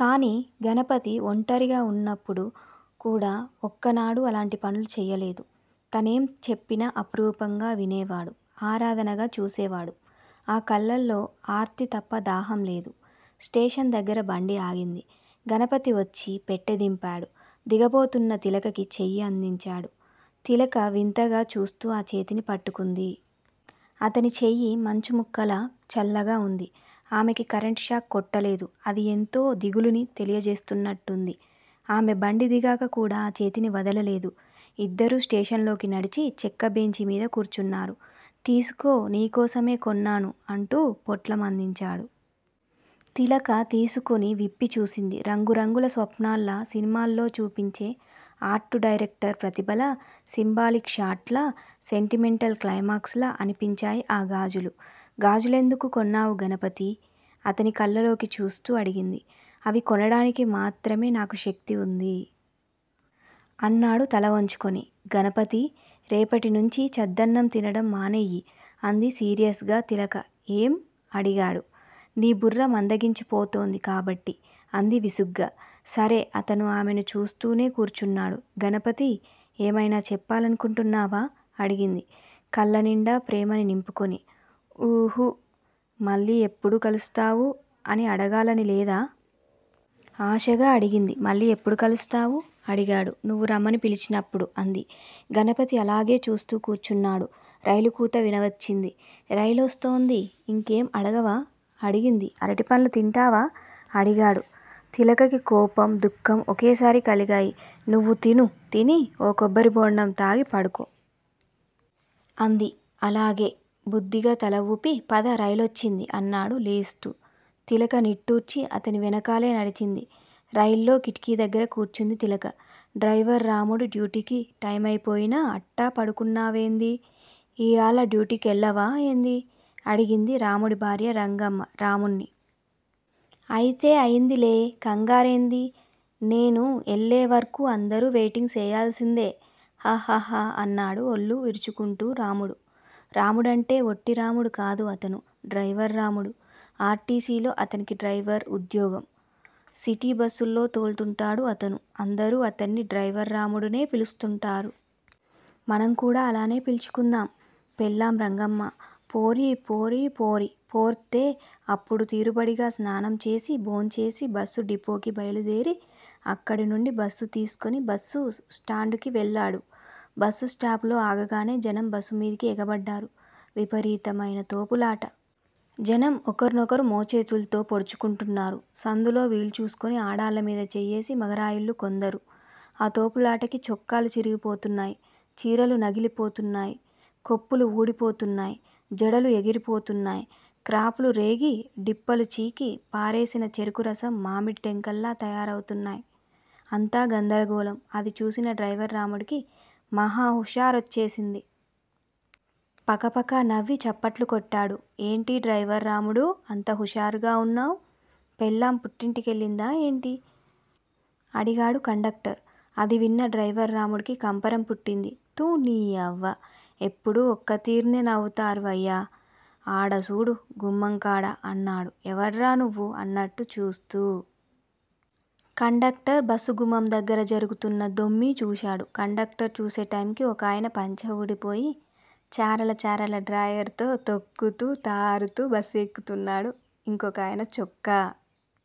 కానీ గణపతి ఒంటరిగా ఉన్నప్పుడు కూడా ఒక్కనాడూ అలాంటి పనులు చెయ్యలేదు. తనేం చెప్పినా అపురూపంగా వినేవాడు! ఆరాధనగా చూసేవాడు. ఆ కళ్ళల్లో ఆర్తి తప్ప దాహం లేదు! స్టేషన్ దగ్గర బండి ఆగింది. గణపతివచ్చి పెట్టె దింపాడు. దిగబోతున్న తిలకకి చెయ్యి అందించాడు. తిలక వింతగా చూస్తూ ఆ చేతిని పట్టుకుంది. అతని చెయ్యి మంచుముక్కలా చల్లగా ఉంది. ఆమెకి కరెంట్ షాక్ కొట్టలేదు. అది యెంతో దిగులుని తెలియజేస్తున్నట్టుంది. ఆమె బండి దిగాక కూడా ఆ చేతిని వదలలేదు. ఇద్దరూ స్టేషన్ లోకి నడిచి చెక్క బెంచీ మీద కూర్చున్నారు. తీసుకో నీ కోసమే కొన్నాను అంటూ పొట్లం అందించాడు. తిలక తీసుకుని విప్పి చూసింది. రంగురంగుల స్వప్నాల్లా సినిమాల్లో చూపించే ఆర్టు డైరెక్టర్ ప్రతిభలా సింబాలిక్ షాట్ లా సెంటిమెంటల్ క్లైమాక్స్ లా అనిపించాయి ఆ గాజులు! గాజులెందుకు కొన్నావు గణపతీ! అతని కళ్ళల్లోకి చూస్తూ అడిగింది. అవి కొనడానికి మాత్రమే నాకు శక్తి ఉంది! అన్నాడు తలవంచుకుని. గణపతీ! రేపటినుంచీ చద్దన్నం తినడం మానెయ్యి! అంది సీరియస్ గా తిలక. ఏం? అడిగాడు. నీ బుర్ర మందగించిపోతోంది కాబట్టి! అంది విసుగ్గా. సరే! అతను ఆమెను చూస్తూనే కూర్చున్నాడు. గణపతీ! ఏమైనా చెప్పాలనుకుంటున్నావా? అడిగింది కళ్ళనిండా ప్రేమని నింపుకుని. ఊహుఁ. మళ్ళీ ఎప్పుడు కలుస్తావూ అని అడగాలని లేదా? ఆశగా అడిగింది. మళ్ళీ ఎప్పుడు కలుస్తావూ? అడిగాడు. నువ్వు రమ్మని పిలిచినప్పుడు! అంది. గణపతి అలాగే చూస్తూ కూర్చున్నాడు. రైలు కూత వినవచ్చింది. రైలొస్తోంది. ఇంకేం అడగవా? అడిగింది. అరటిపండ్లు తింటావా? అడిగాడు. తిలకకి కోపం, దుఃఖం ఒకేసారి కలిగాయి. నువ్వు తిను తిని, ఓ కొబ్బరి బోండాం తాగి పడుకో! అంది. అలాగే! బుద్దిగా తల ఊపి, పద రైలొచ్చింది! అన్నాడు లేస్తూ. తిలక నిట్టూర్చి అతని వెనకాలే నడిచింది. రైల్లో కిటికీ దగ్గర కూర్చుంది తిలక. డ్రైవర్ రాముడు డ్యూటీకి టైమైపోయినా అట్టా పడుకున్నావేంది. ఈయాల డ్యూటీకెళ్ళవా ఏంది? అడిగింది రాముడి భార్య రంగమ్మ రాముడ్ని. అయితే అయిందిలే కంగారేంది? నేను ఎల్లేవర్కూ అందరూ వెయిటింగ్ సెయ్యాల్సిందే! హ హ హ అన్నాడు ఒళ్లు విరుచుకుంటూ రాముడు. రాముడంటే ఒట్టి రాముడు కాదు అతను, డ్రైవర్ రాముడు. ఆర్టీసిలో అతనికి డ్రైవర్ ఉద్యోగం. సిటీ బస్సులు తోల్తుంటాడు అతను. అందరూ అతడ్ని డ్రైవర్ రాముడునే పిలుస్తుంటారు. మనం కూడా అలానే పిల్చుకుందాం. పెళ్లాం రంగమ్మ పోరీ పోరీ పోరీ పోర్తే అప్పుడు తీరుబడిగా స్నానం చేసి, భోంచేసి బస్సు డిపోకి బయలుదేరి అక్కడినుండి బస్సు తీస్కుని బస్సు స్టాండుకి వెళ్ళాడు బస్సు స్టాపులో ఆగగానే జనం బస్సు మీదికి ఎగబడ్డారు. విపరీతమైన తోపులాట! జనం ఒకర్నొకరు మోచేతుల్తో పొడుచుకుంటున్నారు సందులో వీలు చూస్కుని ఆడాళ్ళ మీద చెయ్యేసి మగరాయుళ్ళు కొందరు! ఆ తోపులాటకి చొక్కాలు చిరిగి పోతున్నాయ్. చీరలు నగిలి పోతున్నాయ్. కొప్పులు ఊడి పోతున్నాయ్ జడలు ఎగిరి పోతున్నాయ్ క్రాపులు రేగి, డిప్పలు చీకి పారేసిన చెరుకు రసం మామిడి టెంకల్లా తయారవుతున్నాయ్ అంతా గందరగోళం అది చూసిన డ్రైవర్ రాముడికి మహా హుషారోచ్చేసింది. పకపకా నవ్వి చప్పట్లు కొట్టాడు. ఏంటి డ్రైవర్ రాముడూ అంత హుషారుగా ఉన్నావ్? పెళ్లాం పుట్టింటికెళ్ళిందా ఏంటి? అడిగాడు కండక్టర్. అది విన్న డ్రైవర్ రాముడికి కంపరం పుట్టింది. థూ నియవ్వ? ఎప్పుడూ ఒక్క తీర్నే నవ్వుతార్ వయ్య? ఆడ సూడు గుమ్మంకాడ అన్నాడు ఎవడ్రా నువ్వూ అన్నట్టు చూస్తూ. కండక్టర్ బస్సు గుమ్మం దగ్గర జరుగుతున్న దొమ్మీ చూశాడు. కండక్టర్ చూసే టైంకి ఒకాయన పంచె ఊడిపోయి, చారల చారల డ్రాయరుతో తొక్కుతూ తారుతూ బస్సు ఎక్కుతున్నాడు. ఇంకొకయన చొక్కా